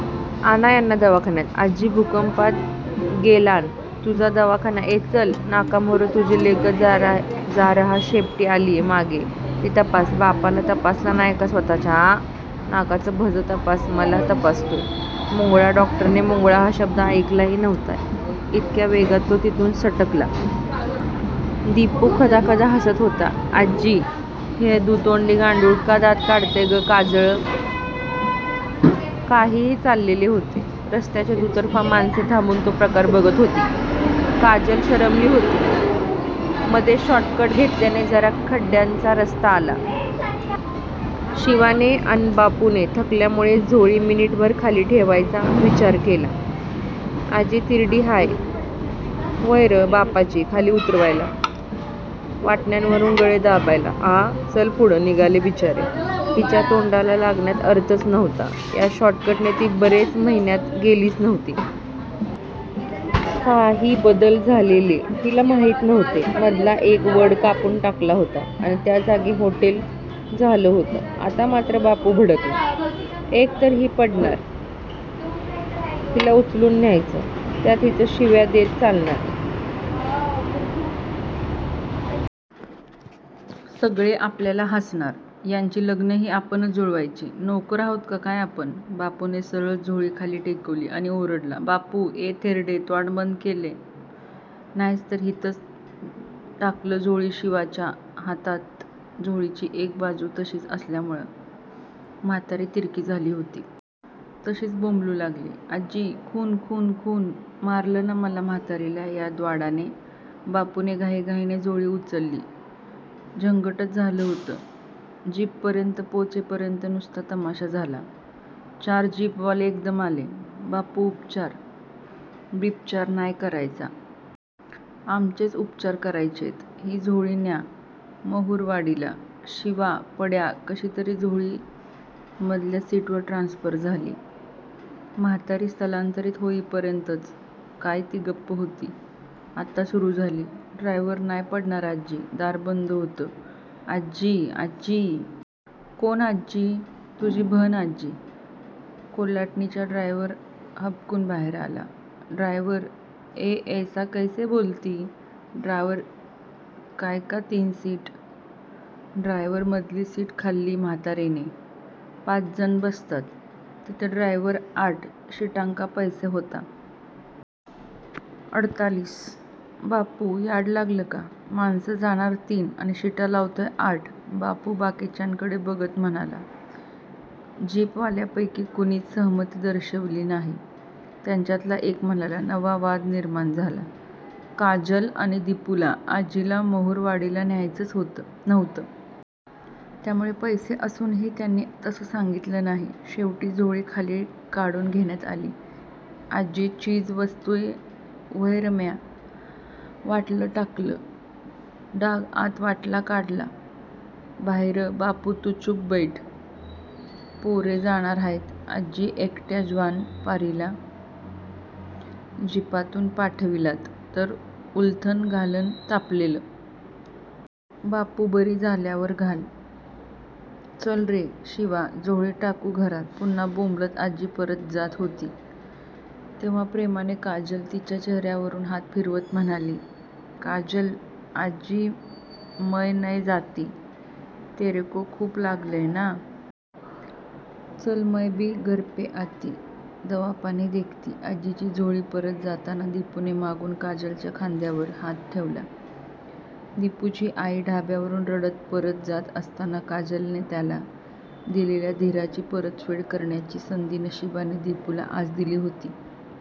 आणा यांना दवाखान्यात आजी भुकंपात ग्येलान तुझा दवाखाना ए चल नाकाम्होरं मुझे लेके जारहा शेपटी आलीय मागे ती तपास बापाला तपासला नाय का स्वतःच्या आ? नाकाचं भजं तपास मला तपासतोय मुंगळा डॉक्टरने मुंगळा हा शब्द ऐकलाही नव्हता इतक्या वेगात तो तिथून सटकला. दिपू खदाखदा हसत होता. आजी ह्यं दुतोंडी गांडुळ का दात काढतंय ग काजल? काहीही चाललेले होते. रस्त्याच्या दुतर्फा माणसे थांबून तो प्रकार बघत होती. काजल शरमली होती. मधेच शॉर्टकट घेतल्याने जरा खड्ड्यांचा रस्ता आला. शिवाने अन बापूने थकल्यामुळे झोळी मिनिटभर खाली ठेवायचा विचार केला. आजी तिरडी हाय व्हंय रं बापाची खाली उतरवायला? वाटण्यांवरून गळे दाबायला? आ? चल फुडं निघाले बिचारे. हिच्या तोंडाला लागण्यात अर्थच नव्हता. या शॉर्टकटने ती बरेच महिन्यात गेलीच नव्हती. काही बदल झालेले तिला माहीत नव्हते. मधला एक वड कापुन टाकला होता अन त्या जागी होटेल झालं होतं! आता मात्र बापू भडकला. एकतर ही पडणार, हिला उचलून न्यायचं! त्यात हीच शिव्या देत चालणार. सगळे आपल्याला हसणार! यांची लग्नंही आपणच जुळवायची. नोकर आहोत का काय आपण? बापूने सरळ झोळी खाली टेकवली अन ओरडला. बापू ये थेरडे त्वांड बंद क्येलं न्हायस तर हितंच टाकंल झोळी शिवाच्या हातात झोळीची एक बाजू तशीच असल्यामुळे म्हातारी तिरकी झाली होती. तशीच बोंबलू लागली. आजी खून खून खून.. मारलन मला म्हातारीला या द्वाडाने बापूने घाईघाईने झोळी उचलली. झंगटच झालं होतं! जीपपर्यंत पोचेपर्यंत नुसता तमाशा झाला. चार जीपवाले एकदम आले. बापू उपचार बिपचार नाय करायचा. आमचेच उपचार करायचेत. ही झोळी न्या महुरवाडीला शिवा पड्या कशीतरी झोळी मधल्या सीटवर ट्रान्स्फर झाली. म्हातारी स्थलांतरीत होईपर्यंतच काय ती गप्प होती. आता सुरू झाली. ड्रायव्हर नाय पडणार आजी दार बंद होतं. आजी आजी? कोन आजी? तुझी भन आजी! कोल्हाटणीच्या ड्रायव्हर हबकून बाहेर आला. ड्रायव्हर ये ऐसा कैसे बोलती? ड्रायव्हर कायका तीन सीट? ड्रायव्हर मधली सिट खाल्ली म्हातारीने पाच जण बसतात थितं ड्रायव्हर आठ शिटांका पैसा होता. अडतालीस. बापू याड लागलं का? माणसं जाणार तीन अन शिटा लावतोय आठ बापू बाकीच्यांकडे बघत म्हणाला. जीपवाल्यांपैकी कुणीच सहमती दर्शवली नाही. त्यांच्यातला एक म्हणाला: नवा वाद निर्माण झाला. काजल अन दिपूला आजीला महुरवाडीला न्यायचच नव्हतं! त्यामुळे पैसे असूनही त्यांनी तसं सांगीतलं नाही. शेवटी झोळी खाली काढुन घेण्यात आली. आजी चीजवस्तूय व्हय रं म्या? वाटला टाकला डाग आत वाटला काढला भाईर बापू तू चूप बैठ पोरे जाणार हायत आजी यकट्या ज्वान प्वारीला जीपातून पाठविलात तर उलथ्न घालंन तापलेलं. बापू बरी झाल्यावर घाल. चल रे शिवा झोळी टाकू घरात पुन्हा बोंबलत आजी परत जात होती तेव्हा प्रेमाने काजल तिच्या चेहर्यावरून हात फिरवत म्हणाली: काजल आजी मय नय जाती. तेरेको खूप लागलंय ना? चल मय बी घरपे आती. दवापानी देखती आजीची झोळी परत जाताना दिपूने मागून काजलच्या खांद्यावर हात ठेवला. दिपूची आई ढाब्यावरुन रडत परत जात असताना काजलने त्याला दिलेल्या धीराची परतफेड करण्याची संधी नशीबाने दिपूला आज दिली होती.